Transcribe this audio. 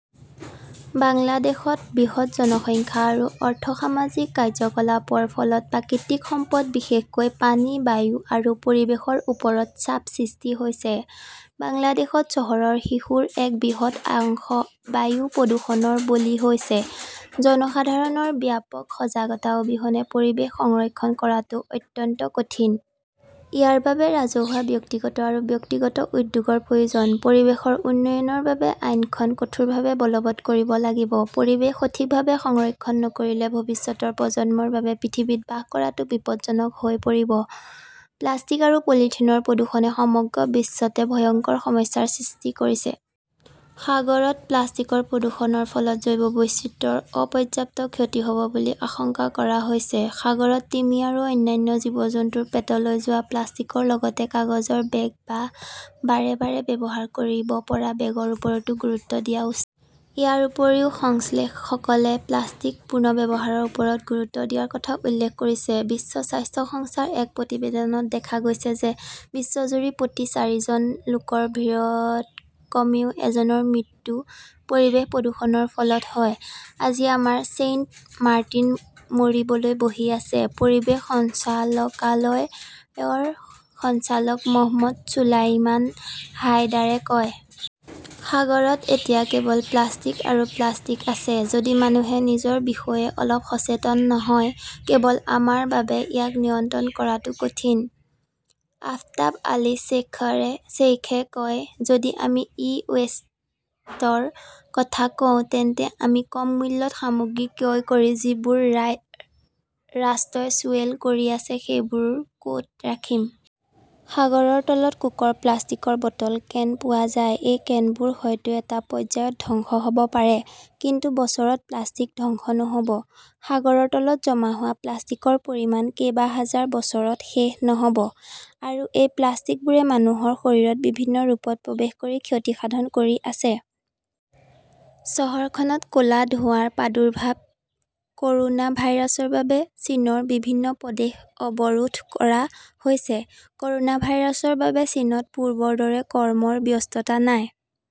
বাংলাদেশত বৃহৎ জনসংখ্যা আৰু অৰ্থ সামাজিক কাৰ্যকলাপৰ ফলত প্ৰাকৃতিক সম্পদ বিশেষকৈ পানী, বায়ু আৰু পৰিৱেশৰ ওপৰত চাপ সৃষ্টি হৈছে। বাংলাদেশত চহৰৰ শিশুৰ এক বৃহৎ অংশ বায়ু প্ৰদূষণৰ বলি হৈছে। জনসাধাৰণৰ ব্যাপক সজাগতা অবিহনে পৰিৱেশ সংৰক্ষণ কৰাটো অত্যন্ত কঠিন। ইয়াৰ বাবে ৰাজহুৱা-ব্যক্তিগত আৰু ব্যক্তিগত উদ্যোগৰ প্ৰয়োজন। পৰিৱেশৰ উন্নয়নৰ বাবে আইনখন কঠোৰভাৱে বলৱৎ কৰিব লাগিব। পৰিৱেশ সঠিকভাৱে সংৰক্ষণ নকৰিলে ভৱিষ্যতৰ প্ৰজন্মৰ বাবে পৃথিৱীত বাস কৰাটো বিপদজনক হৈ পৰিব। প্লাষ্টিক আৰু পলিথিনৰ প্ৰদূষণে সমগ্ৰ বিশ্বতে ভয়ংকৰ সমস্যাৰ সৃষ্টি কৰিছে। সাগৰত প্লাষ্টিকৰ প্ৰদূষণৰ ফলত জৈৱ বৈচিত্ৰ্যৰ অপৰ্যাপ্ত ক্ষতি হ'ব বুলি আশংকা কৰা হৈছে। সাগৰত তিমি আৰু অন্যান্য জীৱ-জন্তুৰ পেটলৈ যোৱা প্লাষ্টিক লগতে কাগজৰ বেগ বা বাৰে বাৰে ব্যৱহাৰ কৰিব পৰা বেগৰ ওপৰতো গুৰুত্ব দিয়া উচিত। ইয়াৰ উপৰিও সংশ্লেষকসকলে প্লাষ্টিক পুনৰ্ব্যৱহাৰৰ ওপৰত গুৰুত্ব দিয়াৰ কথা উল্লেখ কৰিছে। বিশ্ব স্বাস্থ্য সংস্থাৰ এক প্ৰতিবেদনত দেখা গৈছে যে, বিশ্বজুৰি প্ৰতি চাৰিজন লোকৰ ভিতৰত কমেও এজনৰ মৃত্যু পৰিৱেশ প্ৰদূষণৰ ফলত হয়। আজি আমাৰ ছেইণ্ট মাৰ্টিন মৰিবলৈ বহি আছে, পৰিৱেশ সঞ্চালকালয়ৰ সঞ্চালক মহম্মদ চুলাইমান হাইদাৰে কয়। সাগৰত এতিয়া কেৱল প্লাষ্টিক আৰু প্লাষ্টিক আছে। যদি মানুহে নিজৰ বিষয়ে অলপ সচেতন নহয়, কেৱল আমাৰ বাবে ইয়াক নিয়ন্ত্ৰণ কৰাটো কঠিন। আফতাব আলী শ্বেইখে কয়, যদি আমি ই ৱেষ্টৰ কথা কওঁ, তেন্তে আমি কম মূল্যত সামগ্ৰী ক্ৰয় কৰি যিবোৰ ৰাষ্ট্ৰই চুৱেল কৰি আছে সেইবোৰ ক'ত ৰাখিম? সাগৰৰ তলত কোকৰ প্লাষ্টিকৰ বটল, কেন পোৱা যায়। এই কেনবোৰ হয়তো এটা পৰ্যায়ত ধ্বংস হ'ব পাৰে, কিন্তু বছৰত প্লাষ্টিক ধ্বংস নহ'ব। সাগৰৰ তলত জমা হোৱা প্লাষ্টিকৰ পৰিমাণ কেইবাহাজাৰ বছৰত শেষ নহ'ব। আৰু এই প্লাষ্টিকবোৰে মানুহৰ শৰীৰত বিভিন্ন ৰূপত প্ৰৱেশ কৰি ক্ষতিসাধন কৰি আছে। চহৰখনত ক 'লা ধোঁৱাৰ প্ৰাদুৰ্ভাৱ ক'ৰোনা ভাইৰাছৰ বাবে চীনৰ বিভিন্ন প্ৰদেশ অৱৰোধ কৰা হৈছে। ক'ৰোনা ভাইৰাছৰ বাবে চীনত পূৰ্বৰ দৰে কৰ্মৰ ব্যস্ততা নাই।